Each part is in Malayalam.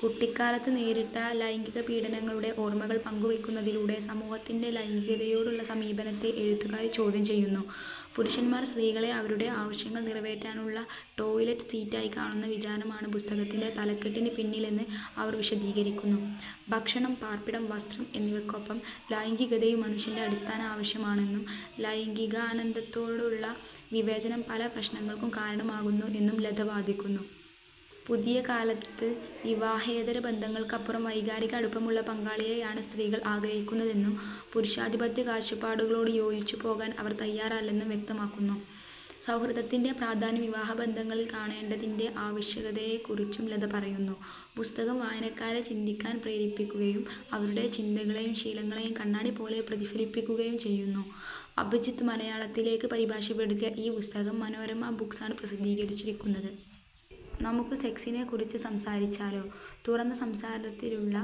കുട്ടിക്കാലത്ത് നേരിട്ട ലൈംഗികപീഡനങ്ങളുടെ ഓർമ്മകൾ പങ്കുവെക്കുന്നതിലൂടെ സമൂഹത്തിന്റെ ലൈംഗികതയോടുള്ള സമീപനത്തെ എഴുത്തുകാരി ചോദ്യം ചെയ്യുന്നു. പുരുഷന്മാർ സ്ത്രീകളെ അവരുടെ ആവശ്യങ്ങൾ നിറവേറ്റാനുള്ള ടോയ്ലറ്റ് സീറ്റായി കാണുന്ന വിചാരമാണ് പുസ്തകത്തിന്റെ തലക്കെട്ടിന് പിന്നിലെന്ന് അവർ വിശദീകരിക്കുന്നു. ഭക്ഷണം, പാർപ്പിടം, വസ്ത്രം എന്നിവക്കൊപ്പം ലൈംഗികതയും മനുഷ്യന്റെ അടിസ്ഥാന ആവശ്യമാണെന്നും, ലൈംഗികാനന്ദത്തോടുള്ള വിവേചനം പല പ്രശ്നങ്ങൾക്കും കാരണമാകുന്നു എന്നും ലത വാദിക്കുന്നു. പുതിയകാലത്ത് വിവാഹേതര ബന്ധങ്ങൾക്കപ്പുറം വൈകാരിക അടുപ്പമുള്ള പങ്കാളിയെയാണ് സ്ത്രീകൾ ആഗ്രഹിക്കുന്നതെന്നും, പുരുഷാധിപത്യ കാഴ്ചപ്പാടുകളോട് യോജിച്ചുപോകാൻ അവർ തയാറല്ലെന്നും വ്യക്തമാക്കുന്നു. സൗഹൃദത്തിന്റെ പ്രാധാന്യം വിവാഹബന്ധങ്ങളിൽ കാണേണ്ടതിന്റെ ആവശ്യകതയെക്കുറിച്ചും ലത പറയുന്നു. പുസ്തകം വായനക്കാരെ ചിന്തിക്കാൻ പ്രേരിപ്പിക്കുകയും അവരുടെ ചിന്തകളെയും ശീലങ്ങളെയും കണ്ണാടിപോലെ പ്രതിഫലിപ്പിക്കുകയും ചെയ്യുന്നു. അഭിജിത് മലയാളത്തിലേക്ക് പരിഭാഷപ്പെടുത്തിയ ഈ പുസ്തകം മനോരമ ബുക്സ് ആണ് പ്രസിദ്ധീകരിച്ചിരിക്കുന്നത്. നമുക്ക് സെക്സിനെക്കുറിച്ച് സംസാരിച്ചാലോ...; തുറന്ന സംസാരത്തിനുള്ള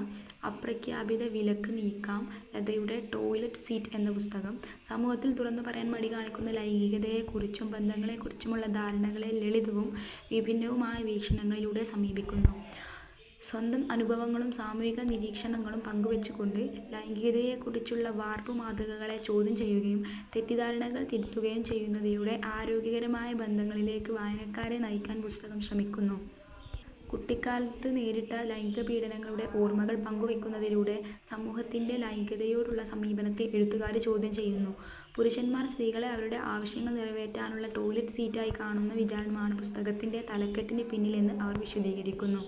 അപ്രഖ്യാപിത വിലക്ക് നീക്കാം ലതയുടെ 'ടോയ്ലറ്റ് സീറ്റ്' എന്ന പുസ്തകം, സമൂഹത്തിൽ തുറന്നുപറയാൻ മടി കാണിക്കുന്ന ലൈംഗികതയെക്കുറിച്ചും ബന്ധങ്ങളെക്കുറിച്ചുമുള്ള ധാരണകളെ ലളിതവും വിഭിന്നവുമായ വീക്ഷണങ്ങളിലൂടെ സമീപിക്കുന്നു. സ്വന്തം അനുഭവങ്ങളും സാമൂഹിക നിരീക്ഷണങ്ങളും പങ്കുവെച്ചുകൊണ്ട്, ലൈംഗികതയെക്കുറിച്ചുള്ള വാർപ്പുമാതൃകകളെ ചോദ്യം ചെയ്യുകയും തെറ്റിദ്ധാരണകൾ തിരുത്തുകയും ചെയ്യുന്നതിലൂടെ ആരോഗ്യകരമായ ബന്ധങ്ങളിലേക്ക് വായനക്കാരെ നയിക്കാൻ പുസ്തകം ശ്രമിക്കുന്നു. കുട്ടിക്കാലത്ത് നേരിട്ട ലൈംഗികപീഡനങ്ങളുടെ ഓർമ്മകൾ പങ്കുവെക്കുന്നതിലൂടെ സമൂഹത്തിന്റെ ലൈംഗികതയോടുള്ള സമീപനത്തെ എഴുത്തുകാരി ചോദ്യം ചെയ്യുന്നു. പുരുഷന്മാർ സ്ത്രീകളെ അവരുടെ ആവശ്യങ്ങൾ നിറവേറ്റാനുള്ള ടോയ്ലറ്റ് സീറ്റായി കാണുന്ന വിചാരമാണ് പുസ്തകത്തിന്റെ തലക്കെട്ടിന് പിന്നിലെന്ന് അവർ വിശദീകരിക്കുന്നു.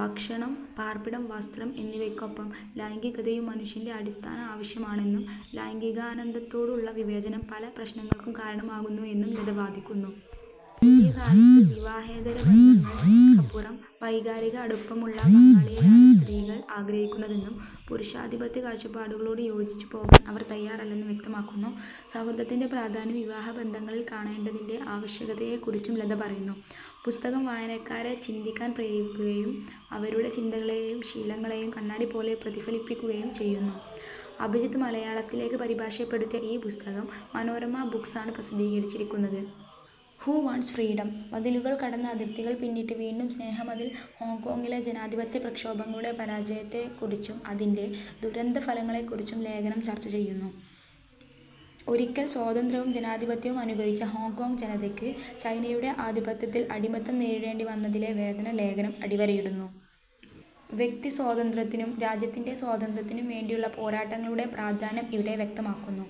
ഭക്ഷണം, പാർപ്പിടം, വസ്ത്രം എന്നിവക്കൊപ്പം ലൈംഗികതയും മനുഷ്യന്റെ അടിസ്ഥാന ആവശ്യമാണെന്നും, ലൈംഗികാനന്ദത്തോടുള്ള വിവേചനം പല പ്രശ്നങ്ങൾക്കും കാരണമാകുന്നു എന്നും ലത വാദിക്കുന്നു. പുതിയകാലത്ത് വിവാഹേതര ബന്ധങ്ങൾക്കപ്പുറം വൈകാരിക അടുപ്പമുള്ള പങ്കാളിയെയാണ് സ്ത്രീകൾ ആഗ്രഹിക്കുന്നതെന്നും, പുരുഷാധിപത്യ കാഴ്ചപ്പാടുകളോട് യോജിച്ചുപോകാൻ അവർ തയാറല്ലെന്നും വ്യക്തമാക്കുന്നു. സൗഹൃദത്തിന്റെ പ്രാധാന്യം വിവാഹബന്ധങ്ങളിൽ കാണേണ്ടതിന്റെ ആവശ്യകതയെക്കുറിച്ചും ലത പറയുന്നു. പുസ്തകം വായനക്കാരെ ചിന്തിക്കാൻ പ്രേരിപ്പിക്കുകയും അവരുടെ ചിന്തകളെയും ശീലങ്ങളെയും കണ്ണാടിപോലെ പ്രതിഫലിപ്പിക്കുകയും ചെയ്യുന്നു. അഭിജിത് മലയാളത്തിലേക്ക് പരിഭാഷപ്പെടുത്തിയ ഈ പുസ്തകം മനോരമ ബുക്സ് ആണ് പ്രസിദ്ധീകരിച്ചിരിക്കുന്നത്. ഹു വാണ്ട്സ് ഫ്രീഡം; മതിലുകൾ കടന്ന്, അതിർത്തികൾ പിന്നിട്ട് വീണ്ടും സ്നേഹമതിൽ ഹോങ്കോങ്ങിലെ ജനാധിപത്യ പ്രക്ഷോഭങ്ങളുടെ പരാജയത്തെക്കുറിച്ചും അതിന്റെ ദുരന്ത ഫലങ്ങളെക്കുറിച്ചും ലേഖനം ചർച്ച ചെയ്യുന്നു. ഒരിക്കൽ സ്വാതന്ത്ര്യവും ജനാധിപത്യവും അനുഭവിച്ച ഹോങ്കോംഗ് ജനതയ്ക്ക് ചൈനയുടെ ആധിപത്യത്തിൽ അടിമത്തം നേരിടേണ്ടി വന്നതിലെ വേദന ലേഖനം അടിവരയിടുന്നു. വ്യക്തിസ്വാതന്ത്ര്യത്തിനും രാജ്യത്തിന്റെ സ്വാതന്ത്ര്യത്തിനും വേണ്ടിയുള്ള പോരാട്ടങ്ങളുടെ പ്രാധാന്യം ഇവിടെ വ്യക്തമാക്കുന്നു.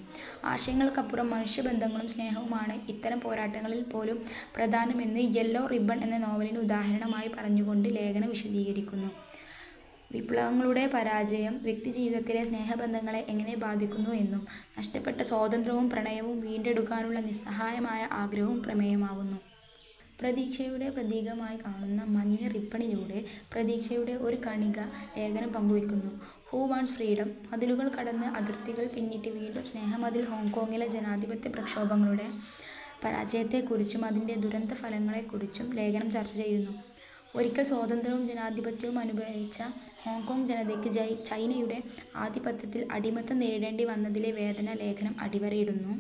ആശയങ്ങൾക്കപ്പുറം മനുഷ്യബന്ധങ്ങളും സ്നേഹവുമാണ് ഇത്തരം പോരാട്ടങ്ങളിൽ പോലും പ്രധാനമെന്ന് യെല്ലോ റിബ്ബൺ എന്ന നോവലിനെ ഉദാഹരണമായി പറഞ്ഞുകൊണ്ട് ലേഖനം വിശദീകരിക്കുന്നു. വിപ്ലവങ്ങളുടെ പരാജയം വ്യക്തിജീവിതത്തിലെ സ്നേഹബന്ധങ്ങളെ എങ്ങനെ ബാധിക്കുന്നു എന്നും, നഷ്ടപ്പെട്ട സ്വാതന്ത്ര്യവും പ്രണയവും വീണ്ടെടുക്കാനുള്ള നിസ്സഹായമായ ആഗ്രഹവും പ്രമേയമാവുന്നു. പ്രതീക്ഷയുടെ പ്രതീകമായി കാണുന്ന മഞ്ഞ റിബ്ബണിലൂടെ പ്രതീക്ഷയുടെ ഒരു കണിക ലേഖനം പങ്കുവെക്കുന്നു. ഹു വാണ്ട്സ് ഫ്രീഡം; മതിലുകൾ കടന്ന്, അതിർത്തികൾ പിന്നിട്ട് വീണ്ടും സ്നേഹമതിൽ ഹോങ്കോങ്ങിലെ ജനാധിപത്യ പ്രക്ഷോഭങ്ങളുടെ പരാജയത്തെക്കുറിച്ചും അതിന്റെ ദുരന്ത ഫലങ്ങളെക്കുറിച്ചും ലേഖനം ചർച്ച ചെയ്യുന്നു. ഒരിക്കൽ സ്വാതന്ത്ര്യവും ജനാധിപത്യവും അനുഭവിച്ച ഹോങ്കോംഗ് ജനതയ്ക്ക് ചൈനയുടെ ആധിപത്യത്തിൽ അടിമത്തം നേരിടേണ്ടി വന്നതിലെ വേദന ലേഖനം അടിവരയിടുന്നു.